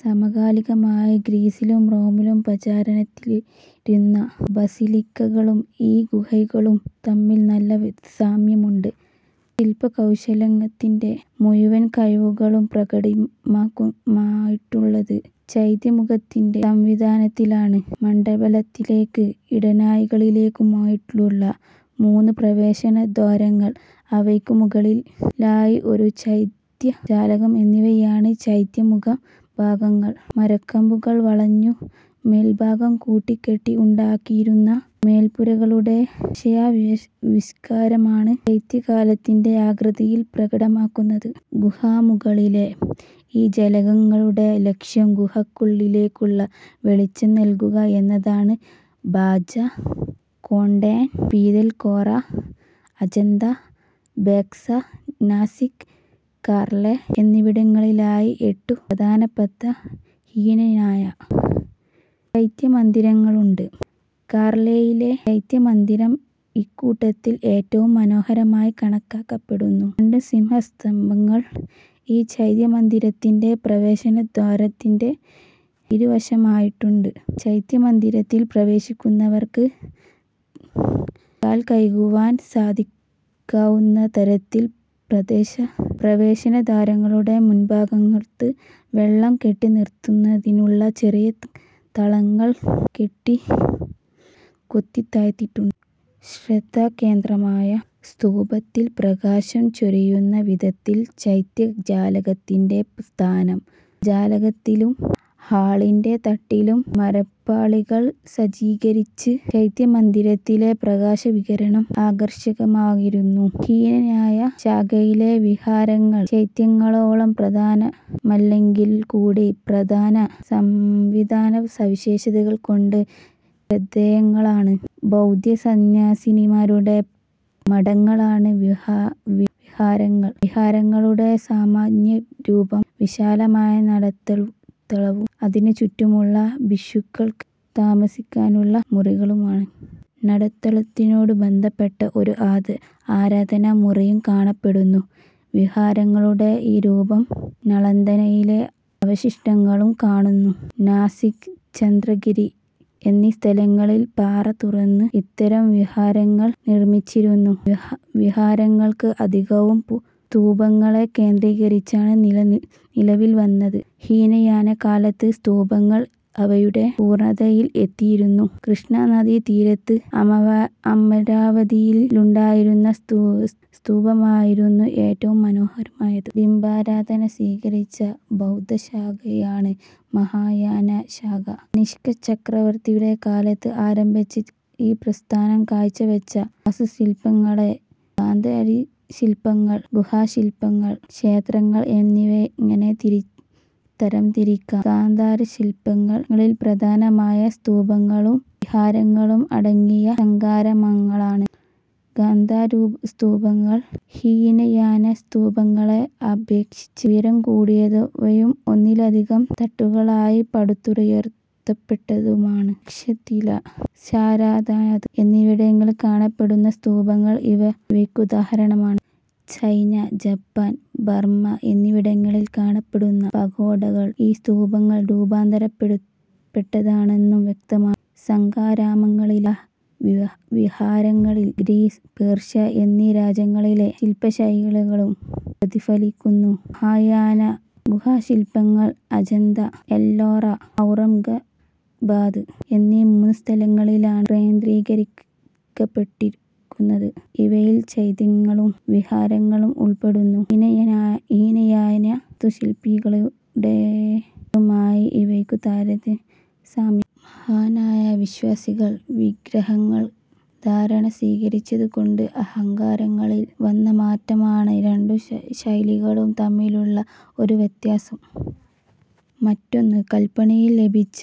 സമകാലികമായി ഗ്രീസിലും റോമിലും പ്രചാരത്തിലിരുന്ന basilica കളും ഈ ഗുഹകളും തമ്മിൽ നല്ല സാമ്യമുണ്ട്. ശില്പ കൗശലത്തിന്റെ മുഴുവൻകഴിവുകളും പ്രകടമായിട്ടുള്ളത് ചൈത്യ മുഖത്തിന്റെ സംവിധാനത്തിലാണ്. മണ്ഡപത്തിലേക്കും ഇടനാഴികളിലേക്കുമുള്ള മൂന്നു പ്രവേശന ദ്വാരങ്ങൾ, അവയ്ക്കു മുകളിലായി ഒരു ചൈത്യജലകം എന്നിവയാണ് ചൈത്യമുഖ ഭാഗങ്ങൾ. മരക്കമ്പുകൾ വളച്ച് മേൽഭാഗം കൂട്ടികെട്ടി ഉണ്ടാക്കിയിരുന്ന മേൽപ്പുരകളുടെ ആശയാവിഷ്ക്കാരമാണ് ചൈത്യജാലകത്തിന്റെ ആകൃതിയിൽ പ്രകടമാകുന്നത്. ഗുഹാമുഖങ്ങളിലെ ഈ ജലകങ്ങളുടെ ലക്ഷ്യം ഗുഹക്കുള്ളിലേക്കു വെളിച്ചം നൽകുകഎന്നതാണ്. ഭാജ, കോണ്ടേൻ, പീതൽകോറ, അജന്ത, ഭേദ്സാ, നാസിക്, കാർലേ എന്നിവിടങ്ങളിലായി എട്ടു പ്രധാനപ്പെട്ട ഹീനയാന ചൈത്യമന്ദിരങ്ങളുണ്ട്. കാർലേയിലെ ചൈത്യമന്ദിരം ഇക്കൂട്ടത്തിൽ ഏറ്റവും മനോഹരമായി കണക്കാക്കപ്പെടുന്നു. രണ്ടു സിംഹ സ്തംഭങ്ങൾ ഈ ചൈത്യമന്ദിരത്തിന്റെ പ്രവേശനദ്വാരത്തിന്റെ ഇരുവശത്തുമായുണ്ട്. ചൈത്യമന്ദിരത്തിൽ പ്രവേശിക്കുന്നവർക്ക് കാൽകഴുകുവാൻ സാധിക്കവുന്നതരത്തിൽ പ്രവേശന ദ്വാരങ്ങളുടെ മുൻഭാഗത്ത് വെള്ളം കെട്ടിനിറുത്താനുള്ള ചെറിയ തളങ്ങൾ കൊത്തിതാഴ്ത്തിയിട്ടുണ്ട്. ശ്രദ്ധാകേന്ദ്രമായ സ്തൂപത്തിൽ പ്രകാശം ചൊരിയുന്ന വിധത്തിലാണ് ചൈത്യജാലകത്തിന്റെ സ്ഥാനം. ജാലകത്തിലും ഹാളിന്റെ തട്ടിലും മരപ്പാളികൾ സജ്ജീകരിച്ച് ചൈത്യമന്ദിരത്തിലെ പ്രകശവിതരണം ആകർഷകമാക്കിയിരിക്കുന്നു. ഹീനയാന ശാഖയിലെ വിഹാരങ്ങൾ ചൈത്യങ്ങളോളം പ്രധാനമല്ലെങ്കിൽകൂടി സംവിധാന സവിശേഷതകൾ കൊണ്ട് ശ്രദ്ധേയങ്ങളാണ്. ബൗദ്ധസന്യാസിമാരുടെ മഠങ്ങളാണ് വിഹാരങ്ങൾ. വിഹാരങ്ങളുടെ സാമാന്യരൂപം, വിശാലമായ നടുത്തളവും അതിനു ചുറ്റുമായി ഭിക്ഷുക്കൾക്ക് താമസത്തിനുള്ള മുറികളുമാണ്. നടുത്തളത്തിനോടു ബന്ധപ്പെടുന്ന ഒരു ആരാധനാമുറിയും കാണപ്പെടുന്നു. വിഹാരങ്ങളുടെ ഈ രൂപം നളന്ദയിലെ അവശിഷ്ടങ്ങളിലും കാണുന്നു. നാസിക്, ചന്ദ്രഗിരി എന്നിസ്ഥലങ്ങളിൽ പാറ തുരന്ന് ഇത്തരം വിഹാരങ്ങൾ നിർമിച്ചിരുന്നു. വിഹാരങ്ങൾ അധികവും സ്തൂപങ്ങളെ കേന്ദ്രീകരിച്ചാണ് നിലവിൽ വന്നത്. ഹീനയാനകാലത്ത് സ്തൂപങ്ങൾ അവയുടെ പൂർണതയിൽ എത്തിയിരുന്നു. കൃഷ്ണാനദീ തീരത്ത് അമരാവതിയിലുണ്ടായിരുന്ന സ്തൂപമായിരുന്നു ഏറ്റവും മനോഹരമായത്. ബിംബാരാധന സ്വീകരിച്ച ബൗദ്ധശാഖയാണ് മഹായാന ശാഖ. കനിഷ്ക ചക്രവർത്തിയുടെ കാലത്ത് ആരംഭിച്ച ഈ പ്രസ്ഥാനം കാഴ്ച്ചവച്ച വാസ്തുശില്പങ്ങളെ ഗാന്ധാരശില്പങ്ങൾ, ഗുഹാശില്പങ്ങൾ, ക്ഷേത്രങ്ങൾ എന്നിങ്ങനെ തരംതിരിക്കാം. ഗാന്ധാരശില്പങ്ങളിൽ പ്രധാനമായവ സ്തൂപങ്ങളും വിഹാരങ്ങളും അടങ്ങിയ സംഘാരാമങ്ങളാണ്. ഗാന്ധാരസ്തൂപങ്ങൾ ഹീനയാനസ്തൂപങ്ങളെ അപേക്ഷിച്ച് ഉയരംകൂടിയവയും ഒന്നിലധികം തട്ടുകളിലായി പടുത്തുയർത്തപ്പെട്ടവയുമാണ്. തക്ഷശില, സാരാനാഥ് എന്നിവിടങ്ങളിൽ കാണപ്പെടുന്ന സ്തൂപങ്ങൾ ഇവയ്ക്കുദാഹരണങ്ങളാണ്. ചൈന, ജപ്പാൻ, ബർമ എന്നിവിടങ്ങളിൽ കാണപ്പെടുന്ന പഗോഡകൾ ഈ സ്തൂപങ്ങൾ രൂപാന്തരപ്പെട്ടതാണെന്നു വ്യക്തമാണ്. സംഘാരാമങ്ങളിലെ വിഹാരങ്ങളിൽ ഗ്രീസ്, പേർഷ്യ എന്നീ രാജ്യങ്ങളിലെ ശില്പശൈലികളും പ്രതിഫലിക്കുന്നു. മഹായാന ഗുഹാശില്പങ്ങൾ അജന്ത, എല്ലോറ, ഔറംഗാബാദ് എന്നീ മൂന്നു സ്ഥലങ്ങളിലാണ് കേന്ദ്രീകരിക്കപ്പെട്ടിരിക്കുന്നത്. ഇവയിൽ ചൈത്യങ്ങളും വിഹാരങ്ങളും ഉൾപ്പെടുന്നു. ഹീനയാന വാസ്തുശില്പങ്ങളുമായി ഇവയ്ക്കു സാമ്യമുണ്ട്. മഹായാന വിശ്വാസികൾ വിഗ്രഹാരാധന സ്വീകരിച്ചതുകൊണ്ട് അലങ്കാരങ്ങളിൽ വന്ന മാറ്റമാണ് രണ്ടു ശൈലികളും തമ്മിലുള്ള ഒരു വ്യത്യാസം; മറ്റൊന്ന് കല്പണിയിൽ ലഭിച്ച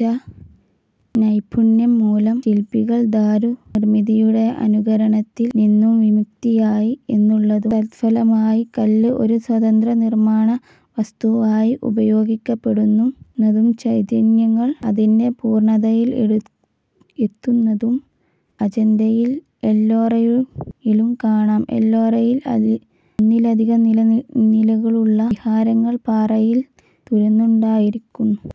നൈപുണ്യം മൂലം ശില്പികൾ ദാരുനിർമിതിയുടെ അനുകരണത്തിൽ നിന്നു വിമുക്തരായി എന്നുള്ളതും. തത്ഫലമായി കല്ല് ഒരു സ്വതന്ത്ര നിർമ്മാണവസ്തുവായി ഉപയോഗിക്കപ്പെടുന്നതും ചൈത്യങ്ങൾ അതിന്റെ പൂർണതയിൽ എത്തുന്നതും അജന്തയിലും എല്ലോറയിലും കാണാം. എല്ലോറയിൽ ഒന്നിലധികം നിലകളുള്ള വിഹാരങ്ങൾ പാറയിൽ തുരന്നുണ്ടാക്കിയിരുന്നു